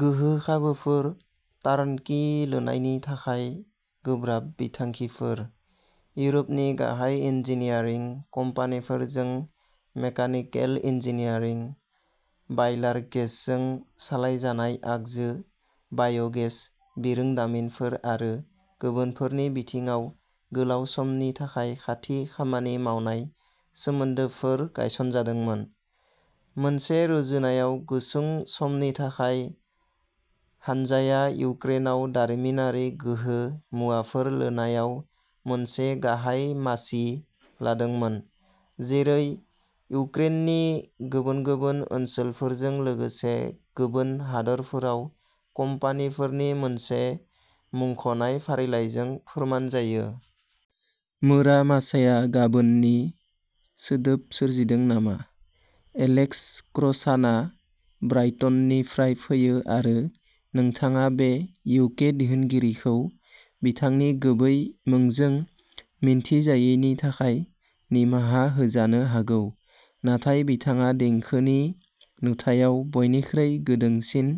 गोहो खाबुफोर टार्नकी लुनायनि थाखाय गोब्राब बिथांखिफोर। इउरपनि गाहाय इन्जिनियारिं कम्पानिफोरजों मेकानिकेल इन्जिनियारिं बायलार गेसजों सालायजानाय आगजु बाय'गेस बिरोंदामिनफोर आरो गुबुनफोरनि बिथिङाव गोलाव समनि थाखाय खाथि खामानि मावनाय सोमोन्दोफोर गायसनजादोंमोन। मोनसे रुजुनायाव गुसुं समनि थाखाय हानजाया इउक्रेनाव दारिमिनारि गोहो मुवाफोर लुनायाव मोनसे गाहाय मासि लादोंमोन जेरै इउक्रेननि गुबुन गुबुन ओनसोलफोरजों लोगोसे गुबुन हादोरफोराव कम्पानिफोरनि मोनसे मुंख'नाय फारिलाइजों फोरमान जायो। मुरा मासाया गाबोननि सोदोब सोरजिदों नामा एलेक्स क्र'सानआ ब्राइटननिफ्राय फैयो आरो नोंथाङा बे इउके दिहुनगिरिखौ बिथांनि गुबै मुंजों मिन्थिजायैनि थाखाय निमाहा होजानो हागौ नाथाय बिथाङा देंखोनि नुथायाव बयनिख्रुइ गुदुंसिन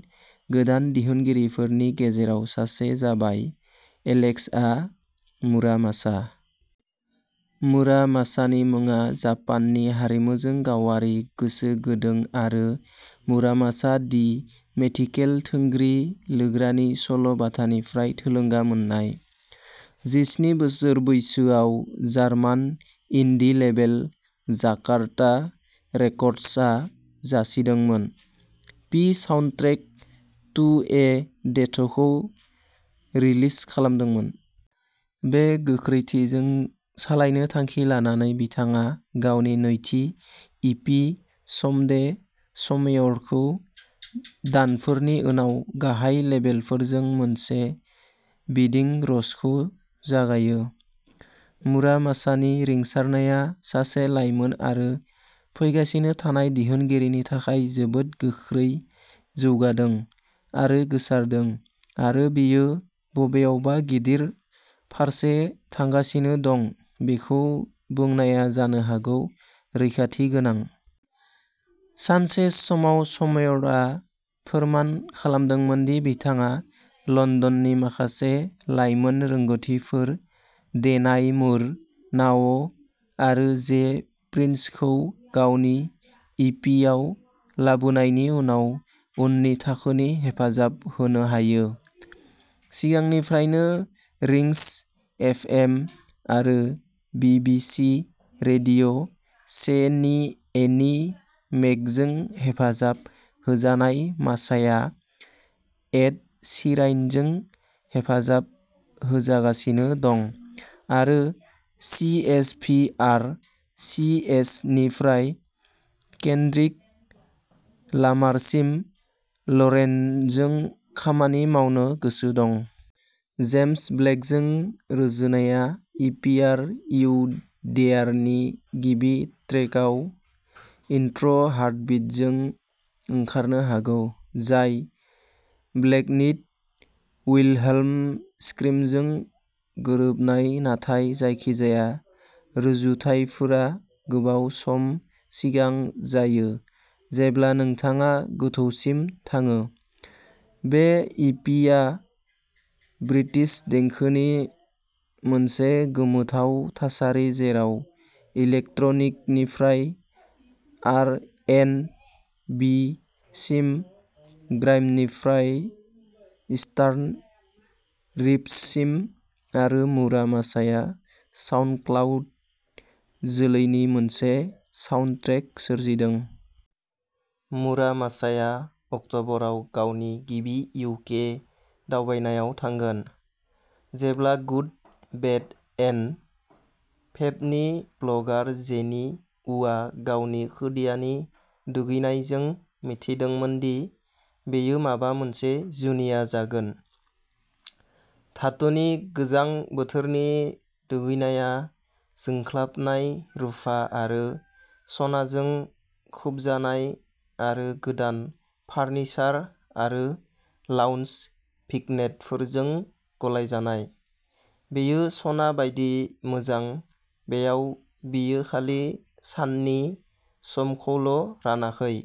गोदान दिहुनगिरिफोरनि गेजेराव सासे जाबाय एलेक्सआ मुरा मासा। मुरा मासानि मुङा जापाननि हारिमुजों गावारि गोसो गुदुं आरो मुरामासा दि मिथिकेल थुंग्रि लुग्रानि सल' बाथानिफ्राय थुलुंगा मोननाय। जिस्नि बोसोर बैसोआव जार्मान इन्डी लेबेल जाकार्ता रेकर्डसआ जासिदोंमोन। पि साउन्डट्रेक टू ए डेथ'खौ रिलिज खालामदोंमोन। बे गोख्रैथिजों सालायनो थांखि लानानै बिथाङा गावनि नैथि इ पि समडे समवेयर'खौ दानफोरनि उनाव गाहाय लेबेलफोरजों मोनसे बिदिं रशखौ जागायो। मुरा मासानि रिंसारनाया सासे लाइमोन आरो फैगासिनो थानाय दिहुनगिरिनि थाखाय जोबोद गोख्रै जौगादों आरो गोसारदों आरो बियो बबेयावबा गिदिर फारसे थांगासिनो दं बेखौ बुंनाया जानो हागौ रैखाथि गोनां। सानसे समाव समवेयरआ फोरमान खालामदोंमोन दि बिथाङा लन्दननि माखासे लाइमोन रोंग'थिफोर डेनाई मुर नाओ आरो जे प्रिन्सखौ गावनि इ पि आव लाबोनायनि उनाव उननि थाखोनि हेफाजाब होनो हायो। सिगांनिफ्रायनो रिंस एफ एम आरो बि बि सि रेडिअ' से नि एनी मेकजों हेफाजाब होजानाय मासाया एड शीरानजों हेफाजाब होजागासिनो दं आरो C H V R C S निफ्राय केन्ड्रिक लामारसिम लरेनजों खामानि मावनो गोसो दं। जेम्स ब्लेकजों रुजुनाया इ पिआर इउ देयार'नि गिबि ट्रेकआव इन्ट्र'हार्टबिटजों ओंखारनो हागौ जाय ब्लेकनि'द विल्हेल्म स्क्रिम'जों गोरोबनाय नाथाय जायखिजाया रुजुथायफोरा गोबाव सम सिगां जायो जेब्ला नोंथाङा गोथौसिम थाङो। बे इ पि आ ब्रिटिश देंखोनि मोनसे गोमोथाव थासारि जेराव इलेक्ट्रनिकनिफ्राय आर एन्ड बि सिम ग्राइमनिफ्राय इस्टार्न रिफ्ससिम आरो मुरा मासाया साउन्डक्लाउड जोलैनि मोनसे साउन्डट्रेक सोरजिदों। मुरा मासाया अक्टबराव गावनि गिबि इउ के दावबायनायाव थांगोन। जेब्ला गुड बेड एन्ड फेबनि ब्लगार जेनी उआ गावनि खुदियानि दुगैनाय जों मिथिदोंमोन दि बेयो माबा मोनसे जुनिया जागोन! धातुनि गोजां बोथोरनि दुगैनाया जोंख्लाबनाय रुफा आरो सनाजों खोबजानाय आरो गोदान फार्निचार आरो लाउन्ज भिग्नेटफोरजों गलायजानाय। बेयो सना बायदि मोजां बेयाव बियो खालि साननि-समखौल'रानाखै।